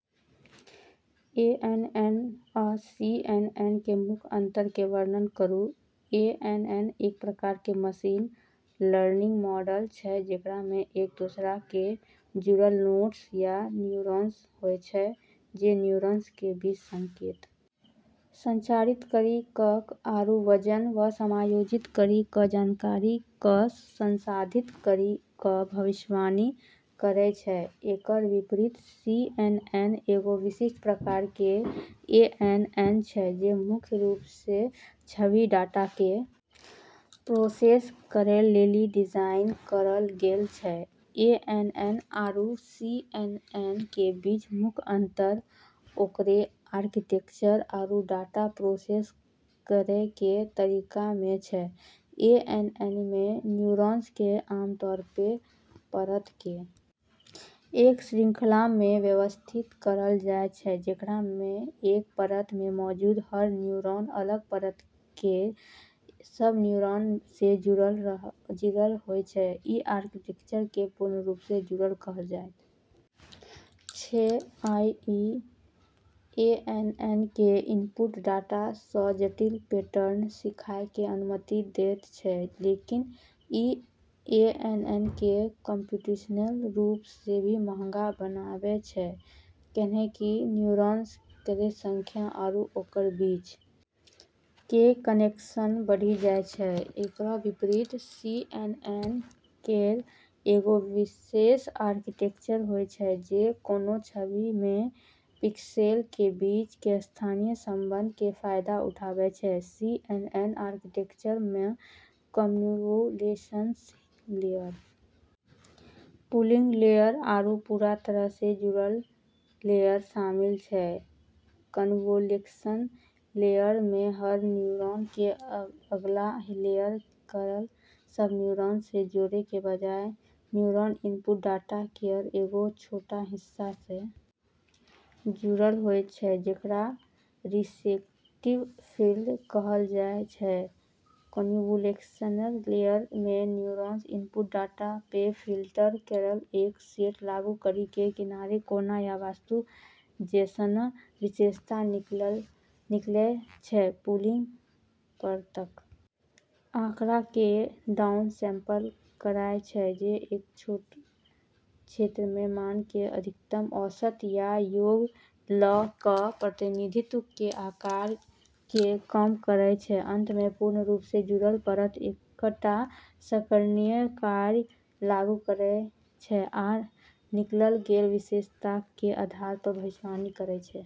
ANN आ CNN के मुख्य अंतर के वर्णन करू एएनएन एक प्रकार के मशीन लर्निंग मॉडल छै जेकरा मे एक दोसरा से जुड़लऽ नोड्स या न्यूरॉन्स होय छै जे न्यूरॉन्स के बीच संकेत संचारित करी क आरू वजन क समायोजित करी क जानकारी क संसाधित करी क भविष्यवाणी करै छै, एकरऽ विपरीत, सीएनएन एगो विशिष्ट प्रकार के एएनएन छै जे मुख्य रूप से छवि डाटा के प्रोसेस करै लेली डिजाइन करलऽ गेलऽ छै, एएनएन आरू सीएनएन के बीच मुख्य अंतर ओकरऽ आर्किटेक्चर आरू डाटा प्रोसेस करै के तरीका मे छै, एएनएन मे न्यूरॉन्स के आम तौर पे परतऽ के एक श्रृंखला मे व्यवस्थित करलऽ जाय छै जेकरा मे एक परत मे मौजूद हर न्यूरॉन अगला परत केरऽ सब न्यूरॉन से जुड़लऽ होय छै, इ आर्किटेक्चर कें पूर्ण रूप सं जुड़ल कहल जायत छै आ इ एएनएन कें इनपुट डाटा सं जटिल पैटर्न सीखय कें अनुमति देयत छै, लेकिन ई एएनएन के कम्प्यूटेशनल रूप से भी महंगा बनाबै छै, कैन्हेंकि न्यूरॉन्स केरऽ संख्या आरू ओकरऽ बीच के कनेक्शन बढ़ी जाय छै, एकरऽ विपरीत, सीएनएन केरऽ एगो विशेष आर्किटेक्चर होय छै जे कोनो छवि मे पिक्सेल के बीच के स्थानिक संबंध के फायदा उठाबै छै, सीएनएन आर्किटेक्चर म॑ कन्वोल्यूशनल लेयर, पूलिंग लेयर, आरू पूरा तरह से जुड़लऽ लेयर शामिल छै, कन्वोल्यूशनल लेयरऽ मे हर न्यूरॉन के अगला लेयर केरऽ सब न्यूरॉन से जोड़ै के बजाय न्यूरॉन इनपुट डाटा केरऽ एगो छोटऽ हिस्सा से जुड़लऽ होय छै जेकरा रिसेप्टिव फील्ड कहलऽ जाय छै, कन्वोल्यूशनल लेयर मे न्यूरॉन्स इनपुट डाटा पे फिल्टर केरऽ एक सेट लागू करी के किनारे, कोना या वस्तु जैसनऽ विशेषता निकालै छै, पूलिंग परतक आँकड़ा कें डाउनसैंपल करय छै जे एकटा छोट क्षेत्र मे मान कें अधिकतम औसत या योग ल क प्रतिनिधित्व कें आकार कें कम करय छै, अंत मे पूर्ण रूप सं जुड़ल परत एकटा सक्रियण कार्य लागू करय छै आ निकालल गेल विशेषताक कें आधार पर भविष्यवाणी करय छै।